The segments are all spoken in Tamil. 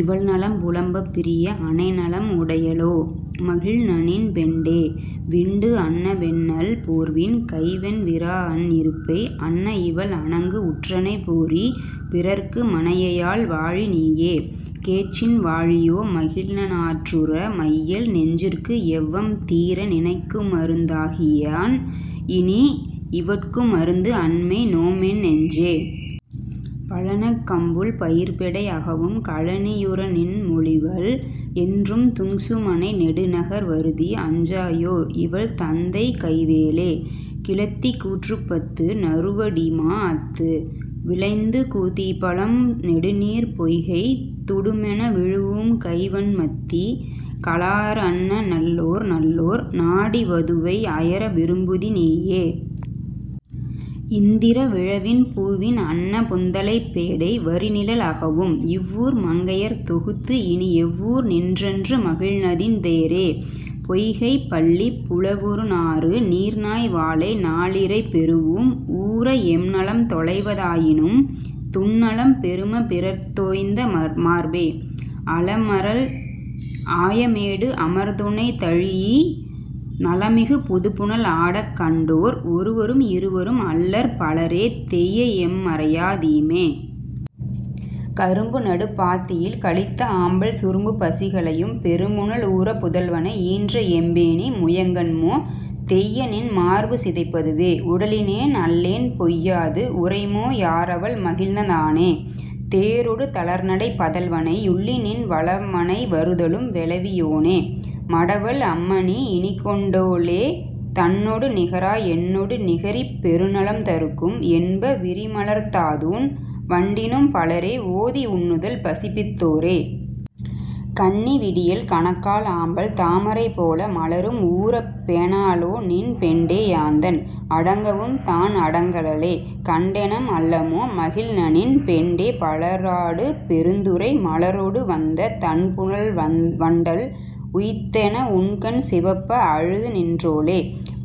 இவள் நலம் புலம்பப் பிரிய அனைநலம் உடையளோ மகிழ்நநின் பெண்டே. விண்டு அன்ன வெண்ணெல் போர்வின் கைவண் விராஅன் இருப்பை அன்ன இவள் அணங்கு உற்றனை போறி பிறர்க்கு மனையையால் வாழி நீயே. கேட்சின் வாழியோ மகிழ்ந ஆற்றுற மையல் நெஞ்சிற்கு எவ்வம் தீர நினக்குமருந் தாகிய யான்இனி இவட்குமருந்து அன்மை நோம்என் நெஞ்சே. பழனக் கம்புள் பயிர்ப்பெடை அகவும் கழனியுரநின் மொழிவல் என்றும் துங்சுமனை நெடுநகர் வருதி அஞ்சா யோஇவள் தந்தைகை வேலே. கிழத்தி கூற்றுப்பத்து நறுவடி மாஅத்து விளைந்துகு தீப்பழம் நெடுநீர்ப் பொய்கைத் துடுமென விழூஉம் கைவண்மத்தி கழாஅர் அன்ன நல்லோர் நல்லோர் நாடி வதுவை அயர விரும்புதி நீயே. இந்திர விழவின் பூவின் அன்ன புந்தலைப் பேடை வரிநிழல் அகவும் இவ்வூர் மங்கையர்த் தொகுத்துஇனி எவ்வூர் நின்றன்று மகிழ்நநின் தேரே. பொய்கைப் பள்ளிப் புலவுநாறு நீர்நாய் வாளை நாளிரை பெறூஉம் ஊர எம்நலம் தொலைவ தாயினும் துன்னலம் பெருமபிறர்த் தோய்ந்த மார்பே. அலமரல் ஆயமோடு அமர்துணை தழீஇ நலமிகு புதுப்புனல் ஆடக் கண்டோ ர் ஒருவரும் இருவரும் அல்லர் பலரே தெய்யஎம் மறையா தீமே. கரும்புநடு பாத்தியில் கலித்த ஆம்பல் சுரும்புபசி களையும் பெரும்புன லூர புதல்வனை ஈன்றஎம் மேனி முயங்கன்மோ தெய்யநின் மார்புசிதைப் பதுவே. உடலினேன் அல்லேன் பொய்யாது உரைமோ யாரவள் மகிழ்ந தானே தேரொடு தளர்நடைப் பதல்வனை யுள்ளிநின் வளவமனை வருதலும் வெளவி யோனே. மடவள் அம்மநீ இனிக்கொண்டோ ளே தன்னொடு நிகரா என்னொடு நிகரிப் பெருநலம் தருக்கும் என்ப விரிமலர்த் தாதுண் வண்டினும் பலரே ஓதி ஒண்ணுதல் பசப்பித் தோரே. கன்னி விடியல் கணக்கால் ஆம்பல் தாமரை போல மலரும் ஊர பேணா ளோநின் பெண்டே யாந்தன் அடங்கவும் தான்அடங் கலளே. கண்டனெம் அல்லமோ மகிழ்நநின் பெண்டே பலராடு பெருந்துரை மலரொடு வந்த தண்புனல் வண்டல் உய்த்தென உண்கண் சிவப்ப அழுதுநின் றோளே.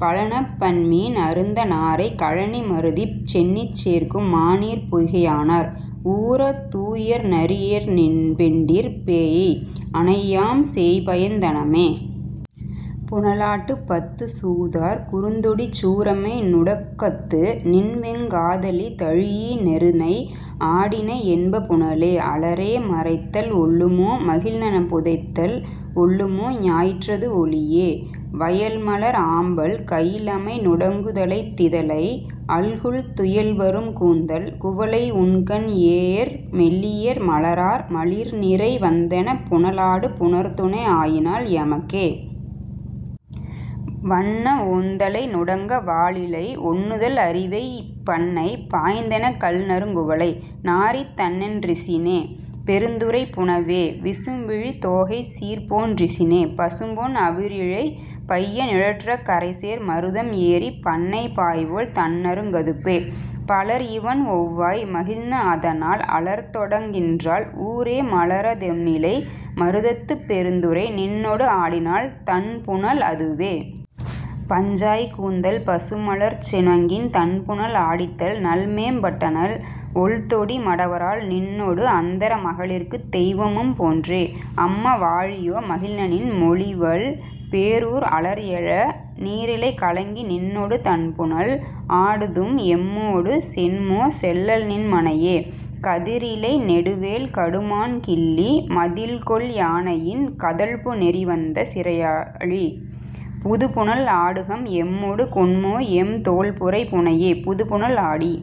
பழனப் பன்மீன் அருந்த நாரை கழனி மருதின் சென்னிச் சேக்கும் மாநீர்ப் பொய்கை யாணர் ஊர தூயர் நறியர்நின் பெண்டிர் பேஎய் அனையம்யாம் சேய்பயந் தனமே.. புனலாட்டுப் பத்து சூதார் குறுந்தொடிச் சூரமை நுடக்கத்து நின்வெங் காதலி தழீஇ நெருநை ஆடினை என்ப புனலே அலரே மறைத்தல் ஒல்லுமோ மகிழ்ந புதைத்தல் ஒல்லுமோ ஞாயிற்றது ஒளியே. வயல்மலர் ஆம்பல் கயில்அமை நுடங்குதலைத் திதலை அல்குல் துயல்வரும் கூந்தல் குவளை உண்கன் ஏஎர் மெல்லியல் மலரார் மலிர்நிறை வந்தெனப் புனலாடு புணர்துனை ஆயினள் எமக்கே. வண்ண ஒந்தழை நுடங்க வாலிழை ஒண்ணுதல் அரிவை பண்ணை பாய்ந்தெனக் கள்நறுங் குவளை நாறித் தண்ணென் றிசினே பெருந்துறைப் புனவே. விசும்பிழி தோகைச் சீர்போன் றிசினே பசும்பொன் அவிரிழை பைய நிழற்றக் கரைசேர் மருதம் ஏறிப் பண்ணை பாய்வோள் தண்ணறுங் கதுப்பே. பலர் இவண் ஒவ்வாய் மகிழ்ந அதனால் அலர்தொடங் கின்றால் ஊரே மலர தொன்னிலை மருதத்துப் பெருந்துறை நின்னோடு ஆடினள் தண்புனல் அதுவே. பஞ்சாய்க் கூந்தல் பசுமலர்ச் சுணங்கின் தண்புணல் ஆடித்தல் நல்ம்மேம் பட்டனள் ஒள்தொடி மடவரால் நின்னோடு அந்தர மகளிர்க்குத் தெய்வமும் போன்றே. அம்ம வாழியோ மகிழ்நநின் மொழிவல் பேரூர் அலர்எழ நீரலைக் கலங்கி நின்னொடு தண்புணல் ஆடுதும் எம்மோடு சென்மோ செல்லல்நின் மனையே. கதிரிலை நெடுவேல் கடுமான் கிள்ளி மதில்கொல் யானையின் கதழ்புநெறி வந்த சிறையழி புதுப்புனல் ஆடுகம் எம்மொடு கொண்மோஎம் தோள்புரை புனையே. புதுப்புனல் ஆடி